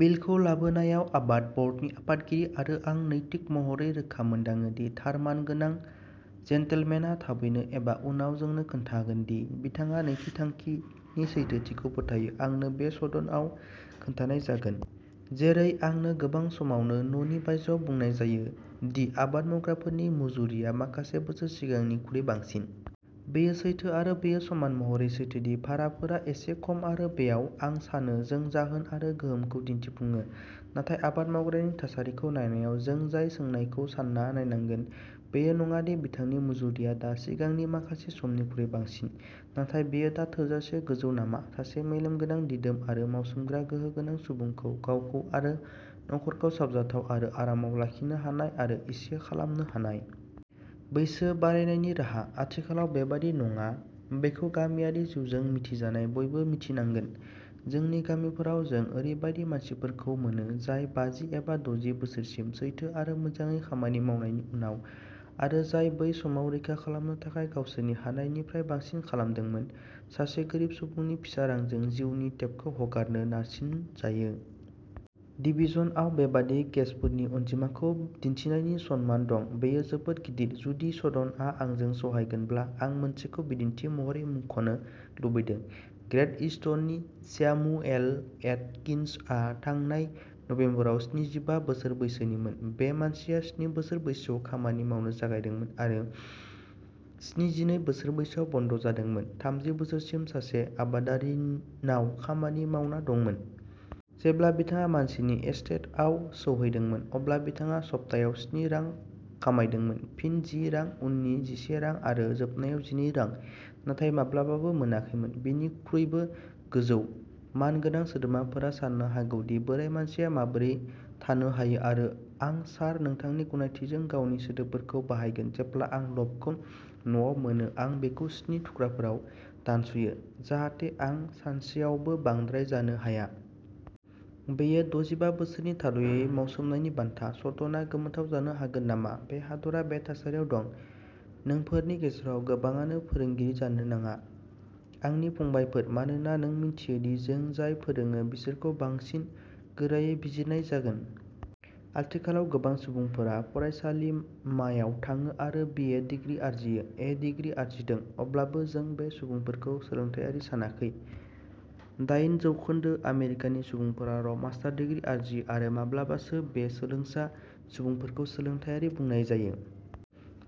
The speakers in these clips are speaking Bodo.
बिलखौ लाबोनायआव आबाद बर्डनि आफादगिरि आरो आं नैतिक महरै रोखा मोनदाङो दि थार मानगोनां। जेन्टलमेन आ थाबैनो एबा उनाव जोंनो खोन्थागोन दि बिथाङा नैथि थांखि नि सैथोथिखौ फोथायो। आंनो बे सदन आव खोन्थानाय जागोन, जेरै आंनो गोबां समावनो न'नि बायजोआव बुंनाय जायो, दि आबाद मावग्राफोरनि मुजुरिया माखासे बोसोर सिगांनिख्रुइ बांसिन। बेयो सैथो आरो बेयो समान महरै सैथो दि भाराफोरा एसे खम आरो बेयाव, आं सानो, जों जाहोन आरो गोहोमखौ दिन्थिफुङो। नाथाय आबाद मावग्रा नि थासारिखौ नायनायाव जों जाय सोंनायखौ सान्ना नायनांगोन, बेयो नङा दि बिथांनि मुजुरिया दा सिगांनि माखासे समनिख्रुइ बांसिन, नाथाय बेयो दा थोजासे गोजौ नामा सासे मेलेमगोनां, दिदोम आरो मावसोमग्रा गोहो गोनां सुबुंखौ गावखौ आरो नखरखौ साबजाथाव आरो आरामाव लाखिनो हानाय आरो इसे खालामनो हानाय। बैसो बारायनायनि राहा। आथिखालाव बेबादि नङा बेखौ गामियारि जिउजों मिथिजानाय बयबो मिथिनांगोन। जोंनि गामिफोराव जों ओरैबायदि मानसिफोरखौ मोनो, जाय बाजि एबा दजि बोसोरसिम सैथो आरो मोजाङै खामानि मावनायनि उनाव आरो जाय बै समाव रैखा खालामनो थाखाय गावसोरनि हानायनिफ्राय बांसिन खालामदोंमोन, सासे गोरिब सुबुंनि फिसा रांजों जिउनि टेपखौ हगारनो नारसिनजायो। डिभिजन Iआव बेबादि केसफोरनि अनजिमाखौ दिन्थिनायनि सनमान दं, बेयो जोबोद गिदिर। जुदि सदनआ आंजों सहायगोनब्ला आं मोनसेखौ बिदिन्थि महरै मुंख'नो लुबैदों। ग्रेट ईस्टननि स्यामुएल एटकिन्सआ थांनाय नबेम्बराव स्निजिबा बोसोर बैसोनिमोन। बे मानसिया स्नि बोसोर बैसोआव खामानि मावनो जागायदोंमोन आरो स्निजिनै बोसोर बैसोआव बन्द' जादोंमोन, थामजि बोसोरसिम सासे आबादारिनाव खामानि मावना दंमोन। जेब्ला बिथाङा मानसिनि एस्टेटआव सौहैदोंमोन, अब्ला बिथाङा सप्तायाव स्नि रां खामायदोंमोन, फिन जि रां, उननि जिसे रां आरो जोबनायाव जिनै रां, नाथाय माब्लाबाबो मोनाखैमोन। बिनिख्रुइबो गोजौ। मानगोनां सोद्रोमाफोरा साननो हागौ दि बोराइ मानसिया माबोरै थानो हायो आरो आं, सार, नोंथांनि गनायथिजों, गावनि सोदोबफोरखौ बाहायगोन जेब्ला आं ल'फखौ न'आव मोनो आं बेखौ स्नि थुख्राफोराव दानस'यो, जाहाथे आं सानसेआवबो बांद्राय जानो हाया। बेयो दजिबा बोसोरनि थाद'यै मावसोमनायनि बान्था। सदनआ गोमोथाव जानो हागोन नामा बे हादरा बे थासारियाव दं। नोंफोरनि गेजेराव गोबांआनो फोरोंगिरि जानो नाङा, आंनि फंबायफोर, मानोना नों मिन्थियो दि जों जाय फोरोङो बिसोरखौ बांसिन गोरायै बिजिरनाय जागोन।। आथिखालाव गोबां सुबुंफोरा फरायसालिमायाव थाङो आरो बि ए डिग्रि आरजियो। ए डिग्री आरजिदों, अब्लाबो जों बे सुबुंफोरखौ सोलोंथाइआरि सानाखै। दाइन जौखोन्दो आमेरिकानि सुबुंफोराल' मास्टार डिग्री आरजियो आरो माब्लाबासो बे सोलोंसा सुबुंफोरखौ सोलोंथाइआरि बुंनाय जायो।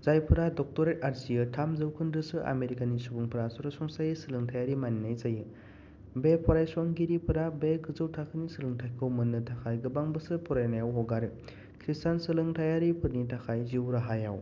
जायफोरा डक्टरेट आरजियो, थाम जौखोन्दोसो आमेरिकानि सुबुंफोरा सरासनस्रायै सोलोंथाइआरि मानिनाय जायो। बे फरायसंगिरिफोरा बे गोजौ थाखोनि सोलोंथाइखौ मोननो थाखाय गोबां बोसोर फरायनायाव हगारो। खृष्टान सोलोंथाइआरिफोरनि थाखाय, जिउ राहायाव।